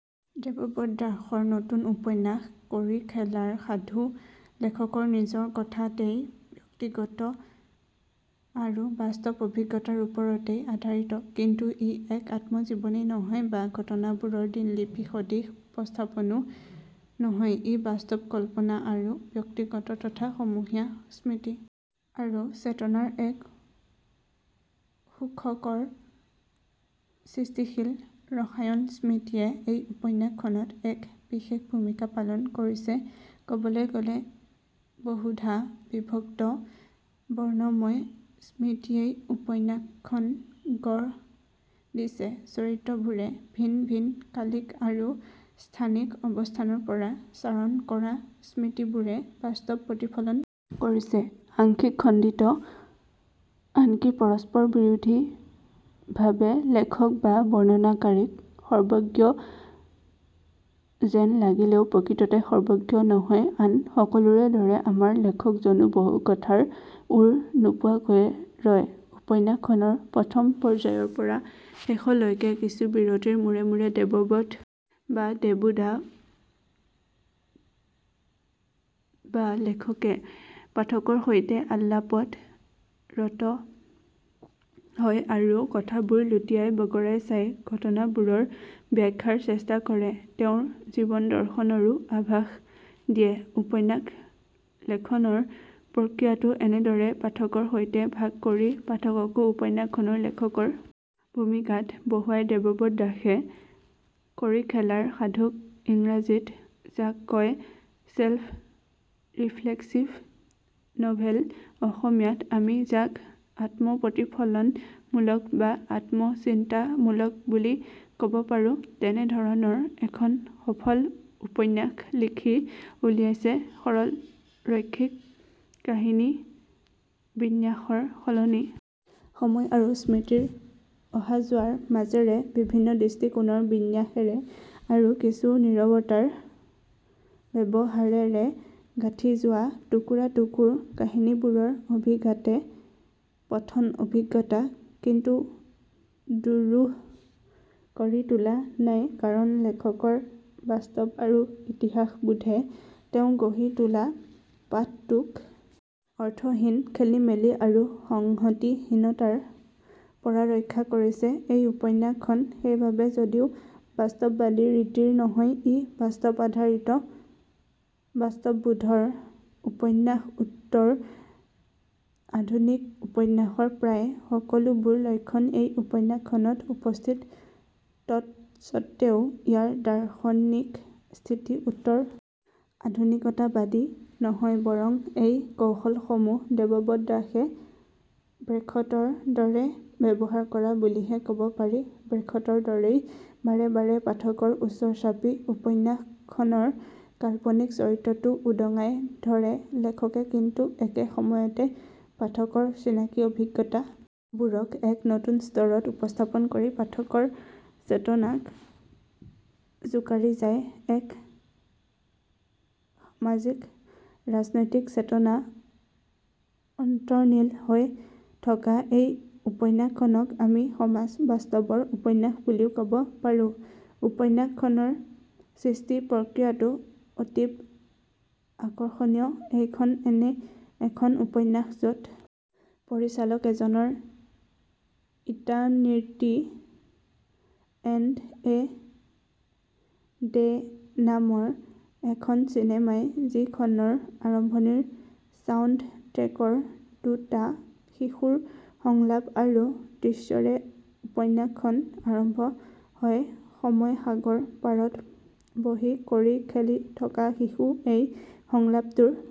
দেৱব্ৰত দাসৰ নতুন উপন্যাস কড়িখেলাৰ সাধু লেখকৰ নিজৰ কথাতেই ব্যক্তিগত আৰু বাস্তৱ অভিজ্ঞতাৰ ওপৰতেই আধাৰিতকিন্তু ই এক আত্মজীৱনী নহয় বা ঘটনাবোৰৰ দিনলিপি সদৃশ উপস্থাপনো নহয় ই বাস্তৱ কল্পনা আৰু ব্যক্তিগত তথা সমূহীয়া স্মৃতি আৰু চেতনাৰ এক সুখকৰ সৃষ্টিশীল ৰসায়নস্মৃতিয়ে এই উপন্যাসখনত এক বিশেষ ভূমিকা পালন কৰিছেকবলৈ গলে বহুধা বিভক্ত বৰ্ণময় স্মৃতিয়েই উপন্যাসখন গঢ় দিছেচৰিত্ৰবোৰে ভিন ভিন কালিক আৰু স্থানিক অৱস্থানৰ পৰা চাৰণ কৰা স্মৃতিবোৰে বাস্তৱ প্ৰতিফলন কৰিছে আংশিক খণ্ডিত আনকি পৰস্পৰ বিৰোধীভাৱেলেখক বা বৰ্ণনাকাৰীক সৰ্বজ্ঞ যেন লাগিলেও প্ৰকৃততে সৰ্বজ্ঞ নহয় আন সকলোৰে দৰে আমাৰ লেখকজনো বহু কথাৰ ওৰ নোপোৱাকৈয়ে ৰয়উপন্যাসখনৰ প্ৰথম পৰ্যায়ৰ পৰা শেষলৈকে কিছু বিৰতিৰ মূৰে মূৰে দেৱব্ৰত বা দেবু দা বা লেখকে পাঠকৰ সৈতে আলাপত ৰত হয় আৰু কথাবোৰ লুটিয়াই বগৰাই চায় ঘটনাবোৰৰ বাখ্যাৰ চেষ্টা কৰে তেওঁৰ জীৱনদৰ্শনৰো আভাষ দিয়েউপন্যাস লেখনৰ প্ৰক্ৰিয়াটো এনেদৰে পাঠকৰ সৈতে ভাগ কৰি পাঠককো উপন্যাসখনৰ লেখকৰ ভূমিকাত বহুৱাই দেৱব্ৰত দাসে কড়িখেলাৰ সাধুক ইংৰাজীত যাক কয় চেল্ফ ৰিফ্লেক্সিভ নভেল অসমীয়াত আমি যাক আত্মপ্ৰতিফলন মূলক বা আত্মচিন্তা মূলক বুলি কব পাৰোঁ তেনেধৰণৰ এখন সফল উপন্যাস লিখি উলিয়াইছেসৰল ৰৈখিক কাহিনী বিন্যাসৰ সলনি সময় আৰু স্মৃতিৰ অহাযোৱাৰ মাজেৰে বিভিন্ন দৃষ্টিকোণৰ বিন্যাসেৰে আৰু কিছু নিৰৱতাৰ ব্যৱহাৰেৰে গাঁঠি যোৱা টুকুৰাটুকুৰ কাহিনীবোৰৰ অভিঘাতে পঠন অভিজ্ঞতা কিন্তু দুৰূহ কৰি তোলা নাই কাৰণ লেখকৰ বাস্তৱ আৰু ইতিহাসবোধে তেওঁ গঢ়ি তোলা পাঠটোক অৰ্থহীন খেলিমেলি আৰু সংহতি হীনতাৰ পৰা ৰক্ষা কৰিছে এই উপন্যাসখন সেইবাবে যদিও বাস্তৱবাদী ৰীতিৰ নহয় ই বাস্তৱ আধাৰিত বাস্তৱবোধৰ উপন্যাসউত্তৰ আধুনিক উপন্যাসৰ প্ৰায় সকলোবোৰ লক্ষণ এই উপন্যাসখনত উপস্থিত তৎসত্বেও ইয়াৰ দাৰ্শনিক স্থিতি উত্তৰ আধুনিকতাবাদী নহয়বৰং এই কৌশলসমূহ দেৱব্ৰত দাসে ব্ৰেখটৰ দৰে ব্যৱহাৰ কৰা বুলিহে কব পাৰি ব্ৰেখটৰ দৰেই বাৰে বাৰে পাঠকৰ ওচৰ চাপি উপন্যাস খনৰ কাল্পনিক চৰিত্ৰটো উদঙাই ধৰে লেখকে কিন্তু একে সময়তে পাঠকৰ চিনাকি অভিজ্ঞতা বোৰক এক নতুন স্তৰত উপস্থাপন কৰি পাঠকৰ চেতনাক জোকাৰি যায়এক সামাজিকৰাজনৈতিক চেতনা অন্তৰ্লীন হৈ থকা এই উপন্যাসখনক আমি সমাজ বাস্তৱৰ উপন্যাস বুলিও কব পাৰোঁউপন্যাস খনৰ সৃষ্টি প্ৰক্ৰিয়াটো অতীব আকৰ্ষণীয়এইখন এনে এখন উপন্যাস যত পৰিচালক এজনৰ ইটাৰ্নিটি এণ্ড এ ডে নামৰ এখন চিনেমাই যিখনৰ আৰম্ভণিৰ চাউণ্ডট্ৰেকৰ দুটা শিশুৰ সংলাপ আৰু দৃশ্যৰে উপন্যাসখন আৰম্ভ হয়সময় সাগৰ পাৰত বহি কড়ি খেলি থকা শিশু এই সংলাপটোৰ